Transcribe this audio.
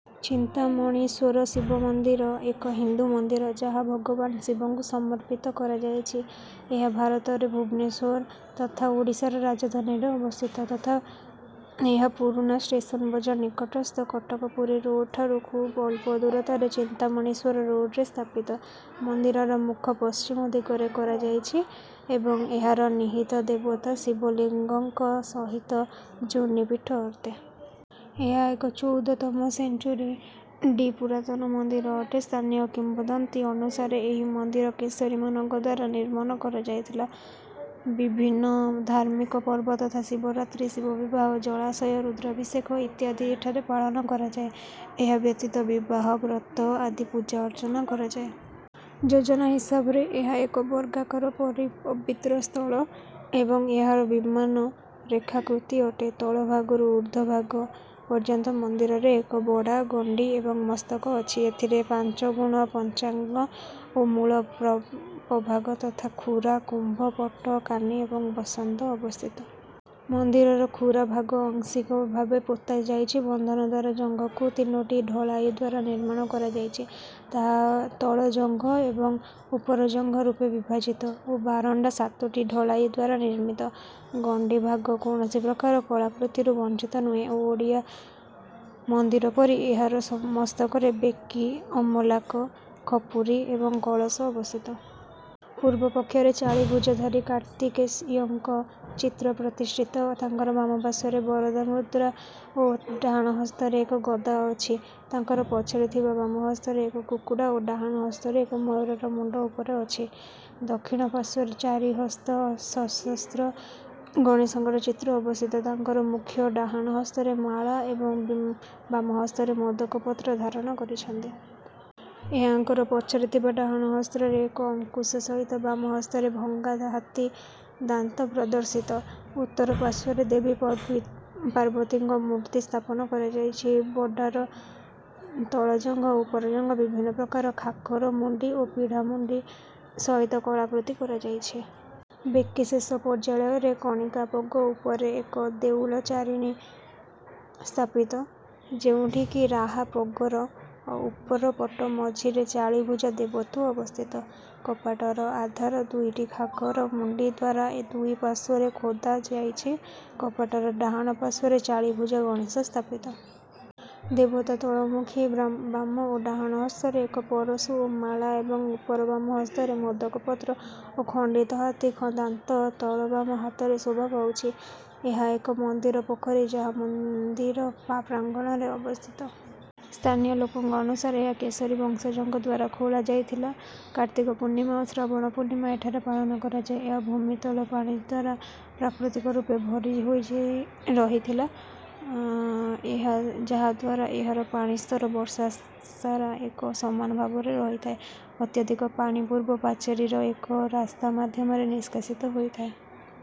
ଚିନ୍ତାମଣିଶ୍ୱର ଶିବ ମନ୍ଦିର ଏକ ହିନ୍ଦୁ ମନ୍ଦିର ଯାହା ଭଗବାନ ଶିବଙ୍କୁ ସମର୍ପିତ କରାଯାଇଛି। ଏହା ଭାରତରେ ଭୁବନେଶ୍ୱର, ତଥା ଓଡ଼ିଶାର ରାଜଧାନୀରେ ଅବସ୍ଥିତ। ତଥା ଏହା ପୁରୁଣା ଷ୍ଟେସନ ବଜାର ନିକଟସ୍ଥ କଟକ-ପୁରୀ ରୋଡ ଠାରୁ ଖୁବ ଅଳ୍ପ ଦୂରତାରେ ଚିନ୍ତାମଣିଶ୍ୱର ରୋଡରେ ସ୍ଥାପିତ। ମନ୍ଦିରର ମୁଖ ପଶ୍ଚିମ ଦିଗରେ କରାଯାଇଛି ଏବଂ ଏହାର ନିହିତ ଦେବତା ଶିବ ଲିଙ୍ଗଙ୍କ ସହିତ ଯୋନୀପୀଠ ଅଟେ। ଏହା ଏକ ଚଉଦ ତମ ସେଞ୍ଚୁରୀ ଡି. ପୁରାତନ ମନ୍ଦିର ଅଟେ। ସ୍ଥାନୀୟ କିମ୍ବଦନ୍ତୀ ଅନୁସାରେ ଏହି ମନ୍ଦିର କେଶରୀ ମାନଙ୍କ ଦ୍ୱାରା ନିର୍ମାଣ କରାଯାଇଥିଲା। ବିଭିନ୍ନ ଧାର୍ମିକ ପର୍ବ ତଥା ଶିବରାତ୍ରି, ଶିବ ବିବାହ, ଜଳାଶୟ, ରୁଦ୍ରାଭିଷେକ, ଇତ୍ୟାଦି ଏଠାରେ ପାଳନ କରାଯାଏ। ଏହା ବ୍ୟତୀତ ବିବାହ, ବ୍ରତ ଆଦି ପୂଜା ଅର୍ଚ୍ଚନା କରାଯାଏ। ଯୋଜନା ହିସାବରେ ଏହା ଏକ ବର୍ଗାକାର ପବିତ୍ର ସ୍ଥଳ ଏବଂ ଏହାର ବିମାନ ରେଖା କୃତି ଅଟେ। ତଳ ଭାଗରୁ ଉର୍ଦ୍ଧ ଭାଗ ପର୍ଯ୍ୟନ୍ତ ମନ୍ଦିରରେ ଏକ ବଡ଼ା, ଗଣ୍ଡି ଏବଂ ମସ୍ତକ ଅଛି। ଏଥିରେ ପାଞ୍ଚ ଗୁଣ ପଞ୍ଚାଙ୍ଗ ଓ ମୂଳ ପଭାଗ ତଥା ଖୁରା, କୁମ୍ଭ, ପଟ, କାନି ଏବଂ ବସନ୍ତ ଅବସ୍ଥିତ। ମନ୍ଦିରର ଖୁରା ଭାଗ ଆଂଶିକ ଭାବେ ପୋତା ଯାଇଛି। ବନ୍ଧନ ଦ୍ୱାରା ଜଙ୍ଘକୁ ତିନୋଟି ଢଳାଇ ଦ୍ୱାରା ନିର୍ମାଣ କରାଯାଇଛି, ଯାହା ତଳ ଜଙ୍ଘ ଏବଂ ଉପର ଜଙ୍ଘ ରୂପେ ବିଭାଜିତ ଓ ବାରଣ୍ଡା ସାତୋଟି ଢଳାଇ ଦ୍ୱାରା ନିର୍ମିତ। ଗଣ୍ଡି ଭାଗ କୌଣସି ପ୍ରକାର କଳାକୃତିରୁ ବଞ୍ଚିତ ନୁହେଁ ଓ ଓଡ଼ିଆ ମନ୍ଦିର ପରି ଏହାର ମସ୍ତକରେ ବେକି, ଅମଲାକ, ଖପୁରି ଏବଂ କଳସ ଅବସ୍ଥିତ। ପୂର୍ବ ପକ୍ଷରେ ଚାରି ଭୁଜଧାରୀ କାର୍ତ୍ତିକେଶୟଙ୍କ ଚିତ୍ର ପ୍ରତିଷ୍ଠିତ। ତାଙ୍କର ବାମ ପାର୍ଶ୍ୱରେ ବରଦମୁଦ୍ରା ଓ ଡାହାଣ ହସ୍ତରେ ଏକ ଗଦା ଅଛି। ତାଙ୍କର ପଛରେ ଥିବା ବାମ ହସ୍ତରେ ଏକ କୁକୁଡ଼ା ଓ ଡାହାଣ ହସ୍ତ ଏକ ମୟୂରର ମୁଣ୍ଡ ଉପରେ ଅଛି। ଦକ୍ଷିଣ ପାର୍ଶ୍ୱ ଚାରି ହସ୍ତ ସଶସ୍ତ୍ର ଗଣେଶଙ୍କ ଚିତ୍ର ଅବସ୍ଥିତ, ତାଙ୍କର ମୁଖ୍ୟ ଡାହାଣ ହସ୍ତରେ ମାଳା ଏବଂ ବାମ ହସ୍ତରେ ମୋଦକ ପତ୍ର ଧାରଣ କରିଛନ୍ତି। ଏହାଙ୍କର ପଛରେ ଥିବା ଡାହାଣ ହସ୍ତରେ ଏକ ଅଙ୍କୁଶ ସହିତ ବାମ ହସ୍ତରେ ଭଙ୍ଗା ହାତୀ ଦାନ୍ତ ପ୍ରଦର୍ଶିତ। ଉତ୍ତର ପାର୍ଶ୍ୱରେ ଦେବୀ ପବି ପାର୍ବତୀଙ୍କ ମୂର୍ତ୍ତି ସ୍ଥାପନ କରାଯାଇଛି। ବଡ଼ାର ତଳ ଜଙ୍ଘ ଓ ଉପର ଜଙ୍ଘ ବିଭିନ୍ନ ପ୍ରକାର ଖାଖରା ମୁଣ୍ଡି ଓ ପିଢ଼ା ମୁଣ୍ଡି ସହିତ କଳାକୃତି କରାଯାଇଛି। ବେକି ଶେଷ ପର୍ଯ୍ୟାୟରେ କଣିକା ପଗ ଉପରେ ଏକ ଦେଉଳ ଚାରିଣୀ ସ୍ଥାପିତ, ଯେଉଁଠି କି ରାହା ପଗର ଉପର ପଟ ମଝିରେ ଚାରି ଭୁଜା ଦେବତ୍ୱ ଅବସ୍ଥିତ। କପାଟର ଆଧାର ଦୁଇଟି ଖାଖରା ମୁଣ୍ଡି ଦ୍ୱାରା ଦୁଇ ପାର୍ଶ୍ୱରେ ଖୋଦା ଯାଇଛି। କପାଟର ଡାହାଣ ପାର୍ଶ୍ୱରେ ଚାରି ଭୁଜା ଗଣେଶ ସ୍ଥାପିତ। ଦେବତା ତଳମୁଖୀ ବାମ ଓ ଡାହାଣ ହସ୍ତରେ ଏକ ପରଶୁ ଓ ମାଳା ଏବଂ ଉପର ବାମ ହସ୍ତରେ ମୋଦକ ପତ୍ର ଓ ଖଣ୍ଡିତ ହାତୀ ଦାନ୍ତ ତଳ ବାମ ହାତରେ ଶୋଭା ପାଉଛି। ଏହା ଏକ ମନ୍ଦିର ପୋଖରୀ ଯାହା ମନ୍ଦିର ପ୍ରାଙ୍ଗଣରେ ଅବସ୍ଥିତ। ସ୍ଥାନୀୟ ଲୋକଙ୍କ ଅନୁସାରେ ଏହା କେଶରୀ ବଂଶଜଙ୍କ ଦ୍ୱାରା ଖୋଳା ଯାଇଥିଲା। କାର୍ତ୍ତିକ ପୂର୍ଣ୍ଣିମା ଓ ଶ୍ରାବଣ ପୂର୍ଣ୍ଣିମା ଏଠାରେ ପାଳନ କରାଯାଏ। ଏହା ଭୂମିତଳ ପାଣି ଦ୍ୱାରା ପ୍ରାକୃତିକ ରୂପେ ଭରି ହୋଇ ରହିଥିଲା, ଯାହା ଦ୍ୱାରା ଏହାର ପାଣି ସ୍ତର ବର୍ଷାସାରା ଏକ ସମାନ ଭାବରେ ରହିଥାଏ। ଅତ୍ୟାଧିକ ପାଣି ପୂର୍ବ ପାଚେରୀର ଏକ ରାସ୍ତା ମାଧ୍ୟମରେ ନିଷ୍କାସିତ ହୋଇଥାଏ।